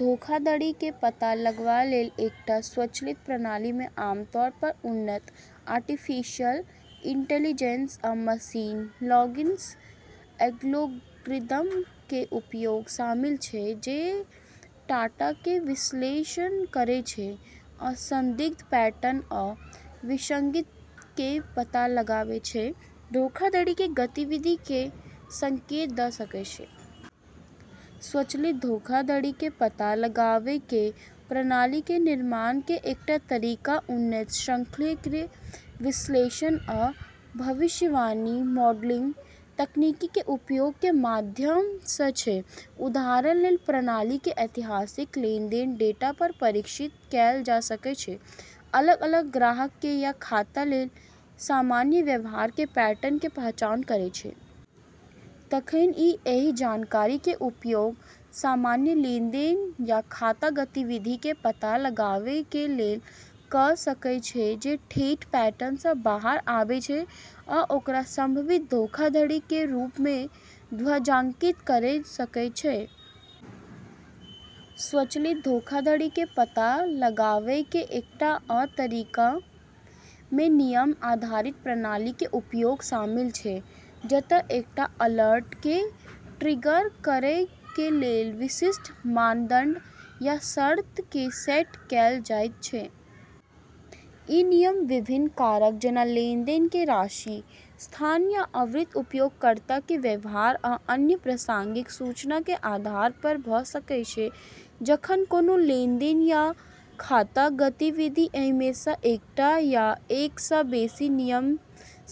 धोखाधड़ी के पता लगवय लेल एकटा स्वचालित प्रणाली मे आमतौर पर उन्नत आर्टिफिशियल इंटेलिजेंस आ मशीन लर्निंग एल्गोरिदम के उपयोग शामिल छै, जे डाटा के विश्लेषण करैत छै आ संदिग्ध पैटर्न या विसंगति के पता लगायत छै जे धोखाधड़ी के गतिविधि के संकेत दऽ सकय छै। स्वचालित धोखाधड़ी के पता लगावय के प्रणाली के निर्माण के एकटा तरीका उन्नत सांख्यिकीय विश्लेषण आ भविष्यवाणी मॉडलिंग तकनीक के उपयोग के माध्यम सँ छै। उदाहरण के लेल, प्रणाली के ऐतिहासिक लेनदेन डेटा पर प्रशिक्षित कैल जा सकय छै, अलग-अलग ग्राहक के या खाता के लेल सामान्य व्यवहार के पैटर्न के पहचान करैत। तखन ई एहि जानकारी के उपयोग असामान्य लेनदेन या खाता गतिविधि के पता लगावय के लेल कऽ सकय छै जे ठेठ पैटर्न सँ बाहर आबै छै आ ओकरा संभावित धोखाधड़ी के रूप मे ध्वजांकित करय सकैत छै। स्वचालित धोखाधड़ी के पता लगावय के एकटा आ तरीका मे नियम आधारित प्रणाली के उपयोग शामिल छै, जतय एकटा अलर्ट के ट्रिगर करय के लेल विशिष्ट मानदंड या शर्त के सेट कैल जाइत छै। ई नियम विभिन्न कारक जैना लेनदेन के राशि, स्थान या आवृत्ति, उपयोगकर्ता के व्यवहार, आ अन्य प्रासंगिक सूचक के आधार पर भऽ सकय छै। जखन कोनो लेनदेन या खाता गतिविधि एहि मे सँ एकटा या एक सँ बेसि नियम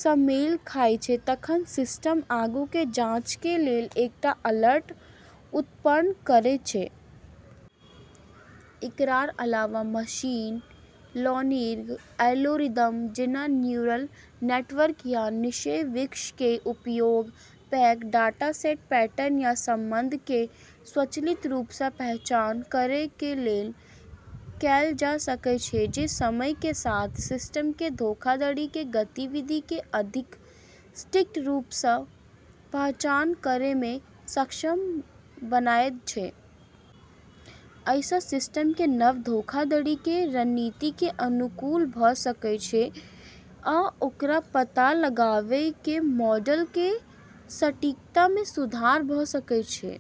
सँ मेल खायत छै, तखन सिस्टम आगू के जाँच के लेल एकटा अलर्ट उत्पन्न करैत छै। इकरार अलावा मशीन लर्निंग एल्गोरिदम जेना न्यूरल नेटवर्क या निर्णय वृक्ष के उपयोग पैघ डाटासेट मे पैटर्न या संबंध के स्वचालित रूप सँ पहचान करय के लेल कैल जा सकय छै, जे समय के साथ सिस्टम के धोखाधड़ी के गतिविधि के अधिक सटीक रूप सँ पहचान करय मे सक्षम बनायत छै। एहि सँ सिस्टम के नव धोखाधड़ी के रणनीति के अनुकूल भऽ सकय छै आ ओकर पता लगावय के मॉडल के सटीकता मे सुधार भऽ सकैत छै।